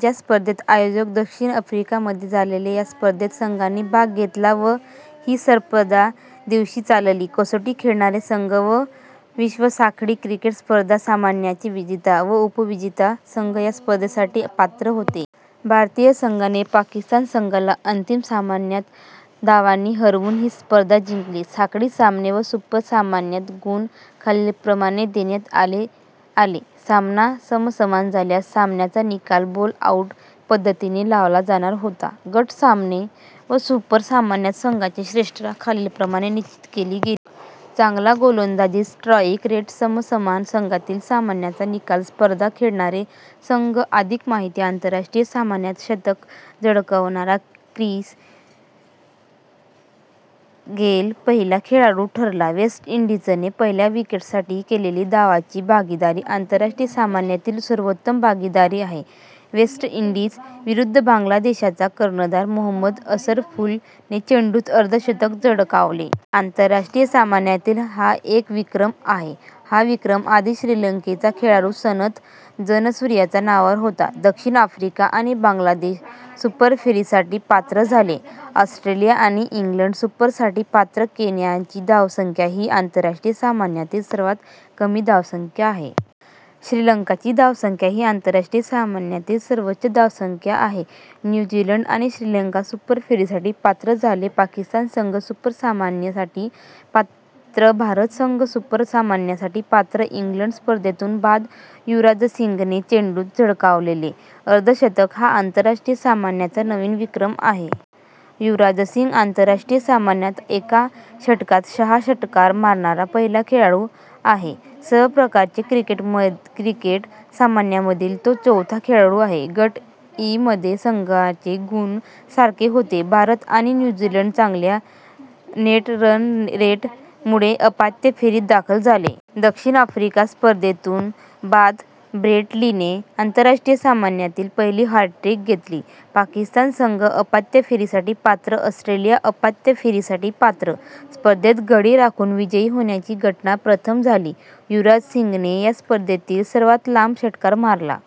च्या स्पर्धेचे आयोजन दक्षिण आफ्रिका मध्ये झाले. ह्या स्पर्धेत संघांनी भाग घेतला व ही स्पर्धा दिवस चालली. कसोटी खेळणारे संघ व विश्व साखळी क्रिकेट स्पर्धा सामन्यांचे विजेता व उप-विजेता संघ या स्पर्धेसाठी पात्र होते. भारतीय संघाने पाकिस्तान संघाला अंतिम सामन्यात धावांनी हरवून ही स्पर्धा जिंकली. साखळी सामने व सुपर सामन्यात गुण खालीलप्रमाणे देण्यात आले. सामना समसमान झाल्यास, सामन्याचा निकाल बोल-आउट पद्धतीने लावला जाणार होता. गट सामने व सुपर सामन्यात संघाची श्रेष्ठता खालीलप्रमाणे निश्चित केली गेली. चांगला गोलंदाजी स्ट्राइक रेट समसमान संघातील सामन्याचा निकाल स्पर्धा खेळणारे संघ अधिक माहिती - आंतरराष्ट्रीय सामन्यात शतक झळकवणारा क्रिस गेल पहिला खेळाडू ठरला. वेस्ट इंडीझने पहिल्या विकेट साठी केलीली धावांची भागीदारी - आंतरराष्ट्रीय सामन्यातील सर्वोत्तम भागीदारी आहे वेस्टइंडिंज विरुद्ध बांगलादेशचा कर्णधार मोहम्मद अशरफुल ने चेंडूत अर्धशतक झळकावले. - आंतरराष्ट्रीय सामन्यातील हा एक विक्रम आहे. हा विक्रम आधी श्रीलंकेचा खेळाडू सनथ जयसूर्यच्या नावावर होता. दक्षिण आफ्रिका आणि बांगलादेश सुपर फेरीसाठी पात्र झाले. ऑस्ट्रेलिया आणि इंग्लंड सुपर साठी पात्र. केन्याची धावसंख्या / हि - आंतरराष्ट्रीय सामन्यातील सर्वात कमी धावसंख्या आहे. श्रीलंकाची धावसंख्या / ही आंतरराष्ट्रीय - सामन्यातील सर्वोच्च धावसंख्या आहे. न्यू झीलँड आणि श्रीलंका सुपर फेरीसाठी पात्र झाले. पाकिस्तान संघ सुपर सामन्यांन साठी पात्र भारत संघ सुपर सामन्यांसाठी पात्र इंग्लंड स्पर्धेतून बाद. युवराजसिंगने चेंडूत झळकावलेले अर्धशतक हा आंतरराष्ट्रीय - सामन्यांचा नवीन विक्रम आहे. युवराजसिंग आंतरराष्ट्रीय - सामन्यात एका षटकात सहा षटकार मारणारा पहिला खेळाडू आहे. सर्व प्रकारच्या क्रिकेट सामन्यांमधील तो चौथा खेळाडू आहे. गट इ मध्ये संघाचे गुण सारखे होते. भारत आणि न्यू झीलँड चांगल्या नेट रन रेट मुळे उपांत्य फेरीत दाखल झाले. दक्षिण आफ्रिका स्पर्धेतून बाद. ब्रेट ली ने - आंतरराष्ट्रीय सामन्यातील पहिली हॅट्रिक घेतली. पाकिस्तान संघ उपात्यं फेरीसाठी पात्र. ऑस्ट्रेलिया उपात्यं फेरी साठी पात्र - स्पर्धेत गडी राखून विजयी होण्याची घटना प्रथम झाली. युवराजसिंगने या स्पर्धेतील सर्वात लांब षटकार मारला.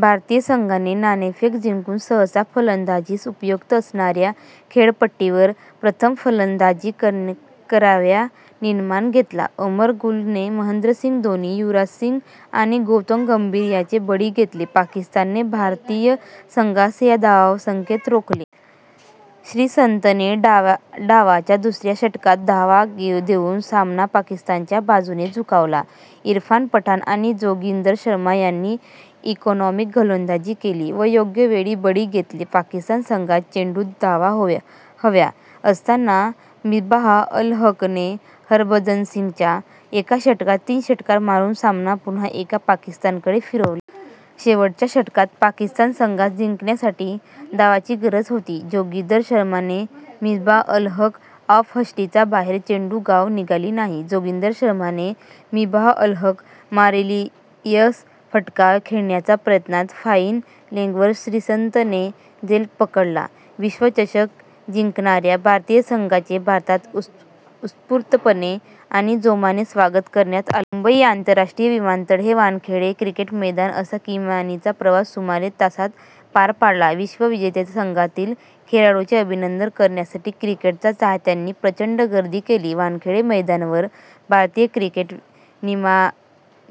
भारतीय संघाने नाणेफेक जिंकुन सहसा फलंदाजीस उपयुक्त असणारया खेळपट्टीवर प्रथम फलंदाजी करण्यावा निर्णय घेतला. उमर गुल ने महेंद्रसिंग धोनी, युवराजसिंग आणि गौतम गंभीर यांचे बळी घेतले. पाकिस्तानने भारतीय संघास / या धावसंख्येत रोखले. श्रीसंतने डावाच्या दुसऱ्याच षटकात धावा देऊन सामना पाकिस्तानच्या बाजुने झुकवला. इरफान पठाण आणि जोगिंदर शर्मा यांनी इकोनॉमिक गोलंदाजी केली व योग्य वेळी बळी घेतले. पाकिस्तान संघास चेंडूत धावा हव्या असतांना मिस्बाह-उल-हक ने हरभजनसिंगच्या एकाच षटकात तीन षटकार मारून सामना पुन्हा एकदा पाकिस्तान कडे फिरवला. शेवटच्या षटकात पाकिस्तान संघास जिंकण्यासाठी धावांची गरज होती. जोगिंदर शर्मा ने मिस्बाह-उल-हक ऑफ यष्टीच्या बाहेर चेंडू, धाव निघाली नाही. जोगिंदर शर्मा ने मिस्बाह-उल-हक मारिलीयस फटका खेळण्याच्या प्रयत्नात फाईन लेग वर श्रीसंत ने झेल पकडला - विश्वचषक जिंकणारया भारतीय संघाचे भारतात उत्सपुर्तपणे आणि जोमाने स्वागत करण्यात आले. मुंबईचे आंतरराष्ट्रीय विमानतळ ते वानखेडे क्रिकेट मैदान, असा किमीचा प्रवास सुमारे तासात पार पडला. विश्वविजेत्या संघातील खेळाडूंचे अभिनंदन करण्यासाठी क्रिकेटच्या चाहत्यांनी प्रचंड गर्दी केली. वानखेडे मैदानावर भारतीय क्रिकेट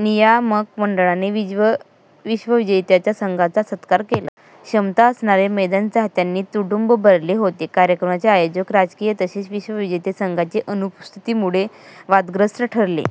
नियामक मंडळाने विश्वविजेत्या संघाचा संत्कार केला. क्षमता असणारे मैदान चाहत्यांनी तुडूंब भरले होते. कार्यक्रमाचे आयोजन, राजकीय तसेच विश्वविजेत्या संघाच्या अनुपस्थितीमुळे वादग्रस्थ ठरले.।